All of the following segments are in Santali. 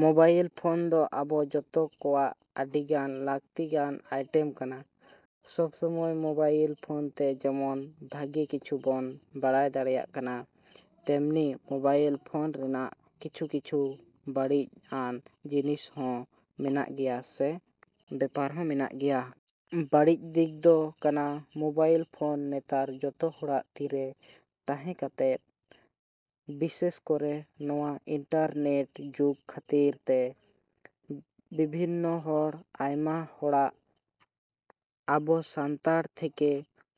ᱢᱳᱵᱟᱭᱤᱞ ᱯᱷᱳᱱ ᱫᱚ ᱟᱵᱚ ᱡᱚᱛᱚ ᱠᱚᱣᱟᱜ ᱟᱹᱰᱤᱜᱟᱱ ᱞᱟᱹᱠᱛᱤ ᱜᱟᱱ ᱟᱭᱴᱮᱢ ᱠᱟᱱᱟ᱾ ᱥᱚᱵᱽ ᱥᱚᱢᱚᱭ ᱢᱳᱵᱟᱭᱤᱞ ᱯᱷᱳᱱ ᱛᱮ ᱡᱮᱢᱚᱱ ᱵᱷᱟᱹᱜᱮ ᱠᱤᱪᱷᱩ ᱵᱚᱱ ᱵᱟᱲᱟᱭ ᱫᱟᱲᱮᱭᱟᱜ ᱠᱟᱱᱟ, ᱛᱮᱢᱱᱤ ᱢᱳᱵᱟᱭᱤᱞ ᱯᱷᱳᱱ ᱨᱮᱭᱟᱜ ᱠᱤᱪᱷᱩᱼᱠᱤᱪᱷᱩ ᱵᱟᱹᱲᱤᱡ ᱟᱱ ᱡᱤᱱᱤᱥ ᱦᱚᱸ ᱢᱮᱱᱟᱜ ᱜᱮᱭᱟ ᱥᱮ ᱵᱮᱯᱟᱨ ᱦᱚᱸ ᱢᱮᱱᱟᱜ ᱜᱮᱭᱟ᱾ ᱵᱟᱹᱲᱤᱡ ᱫᱤᱠ ᱫᱚ ᱠᱟᱱᱟ ᱢᱳᱵᱟᱭᱤᱞ ᱯᱷᱳᱱ ᱱᱮᱛᱟᱨ ᱡᱚᱛᱚ ᱦᱚᱲᱟᱜ ᱛᱤᱨᱮ ᱛᱟᱸᱦᱮ ᱠᱟᱛᱮᱫ, ᱵᱤᱥᱮᱹᱥ ᱠᱚᱨᱮᱹ ᱱᱚᱣᱟ ᱤᱱᱴᱟᱨᱱᱮᱹᱴ ᱡᱩᱜᱽ ᱠᱷᱟᱹᱛᱤᱨ ᱛᱮ, ᱵᱤᱵᱷᱤᱱᱱᱚ ᱦᱚᱲ, ᱟᱭᱢᱟ ᱦᱚᱲᱟᱜ, ᱟᱵᱚ ᱥᱟᱱᱛᱟᱲ ᱛᱷᱮᱹᱠᱮᱹ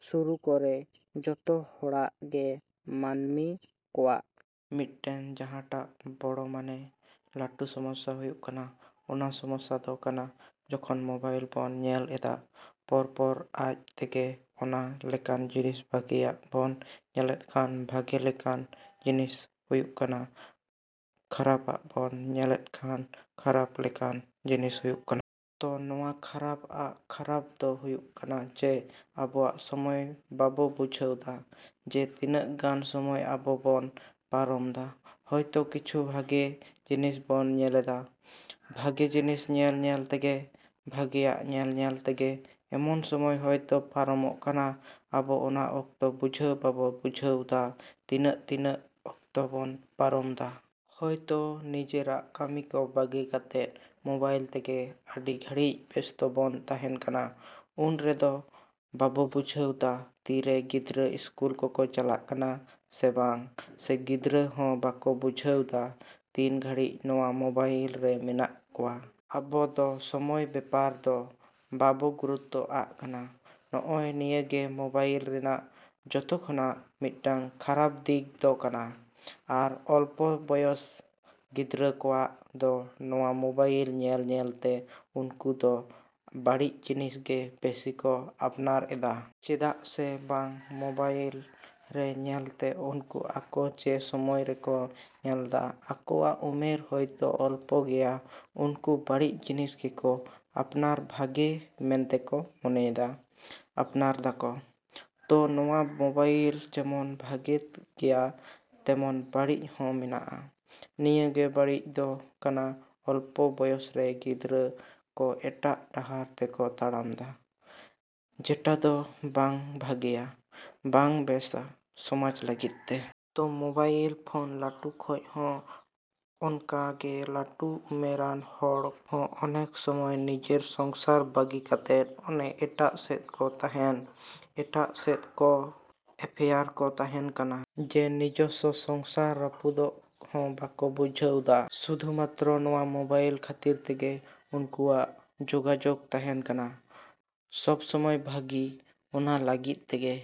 ᱥᱩᱨᱩ ᱠᱚᱨᱮᱹ ᱡᱚᱛᱚ ᱦᱚᱲᱟᱜ ᱜᱮ ᱢᱟᱹᱱᱢᱤ ᱠᱚᱣᱟᱜ ᱢᱤᱫᱴᱮᱱ ᱡᱟᱸᱦᱟᱴᱟᱜ ᱵᱚᱲᱚ ᱢᱟᱱᱮ ᱞᱟᱹᱴᱩ ᱥᱚᱢᱚᱥᱥᱟ ᱦᱩᱭᱩᱜ ᱠᱟᱱᱟ, ᱚᱱᱟ ᱥᱚᱢᱚᱥᱥᱟ ᱫᱚ ᱠᱟᱱᱟ ᱡᱚᱠᱷᱚᱱ ᱢᱳᱵᱟᱭᱤᱞ ᱵᱚᱱ ᱧᱮᱞ ᱮᱫᱟ, ᱯᱚᱨ ᱯᱚᱨ ᱟᱡ ᱛᱮᱜᱮ ᱚᱱᱟ ᱞᱮᱠᱟᱱ ᱡᱤᱱᱤᱥ ᱵᱷᱟᱜᱮᱭᱟᱜ ᱵᱚᱱ ᱧᱮᱞᱮᱫ ᱠᱷᱟᱱ ᱵᱷᱟᱹᱜᱮ ᱞᱮᱠᱟᱱ ᱡᱤᱱᱤᱥ ᱦᱤᱡᱩᱜ ᱠᱟᱱᱟ, ᱠᱷᱟᱨᱟᱯ ᱟᱜ ᱵᱚᱱ ᱧᱮᱞᱮᱫ ᱠᱷᱟᱱ ᱠᱷᱟᱨᱟᱯ ᱞᱮᱠᱟᱱ ᱡᱤᱱᱤᱥ ᱦᱤᱡᱩᱜ ᱠᱟᱱᱟ᱾ ᱛᱚ ᱱᱚᱣᱟ ᱠᱷᱟᱨᱟᱯ ᱟᱜ ᱠᱷᱟᱨᱟᱯ ᱫᱚ ᱦᱩᱭᱩᱜ ᱠᱟᱱᱟ ᱡᱮ ᱟᱵᱚᱣᱟᱜ ᱥᱚᱢᱚᱭ ᱵᱟᱵᱚ ᱵᱩᱡᱷᱟᱹᱣ ᱫᱟ, ᱡᱮ ᱛᱤᱱᱟᱹᱜ ᱜᱟᱱ ᱥᱚᱢᱚᱭ ᱟᱵᱚ ᱵᱚᱱ ᱯᱟᱨᱚᱢ ᱫᱟ᱾ ᱦᱚᱭᱛᱚ ᱠᱤᱪᱷᱩ ᱵᱷᱟᱹᱜᱮ ᱡᱤᱱᱤᱥ ᱵᱚᱱ ᱧᱮᱞᱫᱟ, ᱵᱷᱟᱹᱜᱮ ᱡᱤᱱᱤᱥ ᱧᱮᱞ ᱧᱮᱞᱛᱮᱜᱮ, ᱵᱷᱟᱜᱮᱭᱟᱜ ᱧᱮᱞᱼᱧᱮᱞ ᱛᱮᱜᱮ ᱮᱢᱚᱱ ᱥᱚᱢᱚᱭ ᱦᱚᱭᱛᱚ ᱯᱟᱨᱚᱢᱚᱜ ᱠᱟᱱᱟ, ᱟᱵᱚ ᱚᱱᱟ ᱚᱠᱛᱚ ᱵᱩᱡᱷᱟᱹᱣ ᱵᱟᱵᱚ ᱵᱩᱡᱷᱟᱹᱣ ᱫᱟ ᱛᱤᱱᱟᱹᱜ ᱛᱤᱱᱟᱹᱜ ᱚᱠᱛᱚ ᱵᱚᱱ ᱯᱟᱨᱚᱢ ᱫᱟ᱾ ᱦᱚᱭ ᱛᱳ ᱱᱤᱡᱮᱨᱟᱜ ᱠᱟᱹᱢᱤ ᱠᱚ ᱵᱟᱹᱜᱮ ᱠᱟᱛᱮᱫ ᱢᱳᱵᱟᱭᱤᱞ ᱛᱮᱜᱮ ᱟᱹᱰᱤ ᱜᱷᱟᱹᱲᱤᱡ ᱵᱮᱥᱛᱚ ᱵᱚᱱ ᱛᱟᱸᱦᱮᱱ ᱠᱟᱱᱟ᱾ ᱩᱱ ᱨᱮᱫᱚ ᱵᱟᱵᱚ ᱵᱩᱡᱷᱟᱹᱣ ᱫᱟ ᱛᱤᱨᱮ ᱜᱤᱫᱽᱨᱟᱹ ᱥᱠᱩᱞ ᱠᱚᱠᱚ ᱪᱟᱞᱟᱜ ᱠᱟᱱᱟ ᱥᱮ ᱵᱟᱝ, ᱥᱮ ᱜᱤᱫᱽᱨᱟᱹ ᱦᱚᱸ ᱵᱟᱠᱚ ᱵᱩᱡᱷᱟᱹᱣ ᱫᱟ ᱛᱤᱱ ᱜᱷᱟᱹᱲᱤᱡ ᱱᱚᱣᱟ ᱢᱳᱵᱟᱭᱤᱞ ᱨᱮ ᱢᱮᱱᱟᱜ ᱠᱚᱣᱟ᱾ ᱟᱵᱚ ᱫᱚ ᱥᱚᱢᱚᱭ ᱵᱮᱯᱟᱨ ᱫᱚ ᱵᱟᱵᱚ ᱜᱩᱨᱩᱛᱛᱚ ᱟᱜ ᱠᱟᱱᱟ, ᱱᱚᱜᱼᱚ ᱱᱤᱭᱟᱹ ᱜᱮ ᱢᱳᱵᱟᱭᱤᱞ ᱨᱮᱱᱟᱜ ᱡᱚᱛᱚᱠᱷᱚᱱᱟᱜ ᱢᱤᱫᱴᱮᱱ ᱠᱷᱟᱨᱟᱯ ᱫᱤᱠ ᱫᱚ ᱠᱟᱱᱟ᱾ ᱟᱨ ᱚᱞᱯᱚ ᱵᱚᱭᱮᱥ ᱜᱤᱫᱽᱨᱟᱹ ᱠᱚᱣᱟᱜ ᱫᱚ ᱱᱚᱣᱟ ᱢᱳᱵᱟᱭᱤᱞ ᱧᱮᱞ ᱧᱮᱞᱛᱮ ᱩᱱᱠᱩ ᱫᱚ ᱵᱟᱹᱲᱤᱡ ᱡᱤᱱᱤᱥ ᱜᱮ ᱵᱮᱥᱤ ᱠᱚ ᱟᱯᱱᱟᱨ ᱮᱫᱟ᱾ ᱪᱮᱫᱟᱜ ᱥᱮ ᱵᱟᱝ ᱢᱳᱵᱟᱭᱤᱞ ᱨᱮ ᱧᱮᱞᱛᱮ ᱩᱱᱠᱩ ᱟᱠᱚ ᱡᱮ ᱥᱚᱢᱚᱭ ᱨᱮᱠᱚ ᱧᱮᱞᱫᱟ ᱟᱠᱚᱣᱟᱜ ᱩᱢᱮᱨ ᱦᱚᱭᱛᱚ ᱚᱞᱯᱚ ᱜᱮᱭᱟ᱾ ᱩᱱᱠᱩ ᱵᱟᱹᱲᱤᱡ ᱡᱤᱱᱤᱥ ᱜᱮᱠᱚ ᱟᱯᱱᱟᱨ ᱵᱷᱟᱹᱜᱮ ᱢᱮᱱᱛᱮᱠᱚ ᱢᱚᱱᱮᱭᱮᱫᱟ, ᱟᱯᱱᱟᱨ ᱫᱟᱠᱚ᱾ ᱛᱳ ᱱᱚᱣᱟ ᱢᱳᱵᱟᱭᱤᱞ ᱡᱮᱢᱚᱱ ᱵᱷᱟᱹᱜᱮ ᱜᱮᱭᱟ ᱛᱮᱢᱚᱱ ᱵᱟᱹᱲᱤᱡ ᱦᱚᱸ ᱢᱮᱱᱟᱜᱼᱟ, ᱱᱤᱭᱟᱹ ᱜᱮ ᱵᱟᱹᱲᱤᱡ ᱫᱚ ᱠᱟᱱᱟ ᱚᱞᱯᱚ ᱵᱚᱭᱮᱥᱨᱮ ᱜᱤᱫᱽᱨᱟᱹ ᱠᱚ ᱮᱴᱟᱜ ᱰᱟᱦᱟᱨ ᱛᱮᱠᱚ ᱛᱟᱲᱟᱢ ᱫᱟ, ᱡᱮᱴᱟ ᱫᱚ ᱵᱟᱝ ᱵᱷᱟᱹᱜᱮᱭᱟ, ᱵᱟᱝ ᱵᱮᱥᱼᱟ ᱥᱚᱢᱟᱡᱽ ᱞᱟᱹᱜᱤᱫ ᱛᱮ᱾ ᱛᱳ ᱢᱳᱵᱟᱭᱤᱞ ᱯᱷᱳᱱ ᱞᱟᱹᱴᱩ ᱠᱚᱡ ᱦᱚᱸ ᱚᱱᱠᱟᱜᱮ ᱞᱟᱹᱴᱩ ᱩᱢᱮᱨᱟᱱ ᱦᱚᱲ ᱦᱚᱸ ᱚᱱᱮᱠ ᱥᱚᱢᱚᱭ ᱱᱤᱡᱮᱨ ᱥᱚᱝᱥᱟᱨ ᱵᱟᱹᱜᱤ ᱠᱟᱛᱮᱱ ᱚᱱᱮ ᱮᱴᱟᱜ ᱥᱮᱫ ᱠᱚ ᱛᱟᱸᱦᱮᱱ, ᱮᱴᱟᱜ ᱥᱮᱫ ᱠᱚ ᱮᱯᱷᱮᱭᱟᱨ ᱠᱚ ᱛᱟᱸᱦᱮᱱ ᱠᱟᱱᱟ, ᱡᱮ ᱱᱤᱥᱚᱥᱥᱚ ᱥᱚᱝᱥᱟᱨ ᱨᱟᱹᱯᱩᱫᱚᱜ ᱦᱚᱸ ᱵᱟᱠᱚ ᱵᱩᱡᱷᱟᱹᱣ ᱫᱟ, ᱥᱩᱫᱷᱩ ᱢᱟᱛᱨᱚ ᱱᱚᱣᱟ ᱢᱳᱵᱟᱭᱤᱞ ᱠᱷᱟᱹᱛᱤᱨ ᱛᱮᱜᱮ ᱩᱱᱠᱩᱣᱟᱜ ᱡᱳᱜᱟᱡᱳᱜᱽ ᱛᱟᱸᱦᱮᱱ ᱠᱟᱱᱟ ᱥᱚᱵᱽ ᱥᱚᱢᱚᱭ ᱵᱷᱟᱹᱜᱤ ᱚᱱᱟ ᱞᱟᱹᱜᱤᱫ ᱛᱮᱜᱮ᱾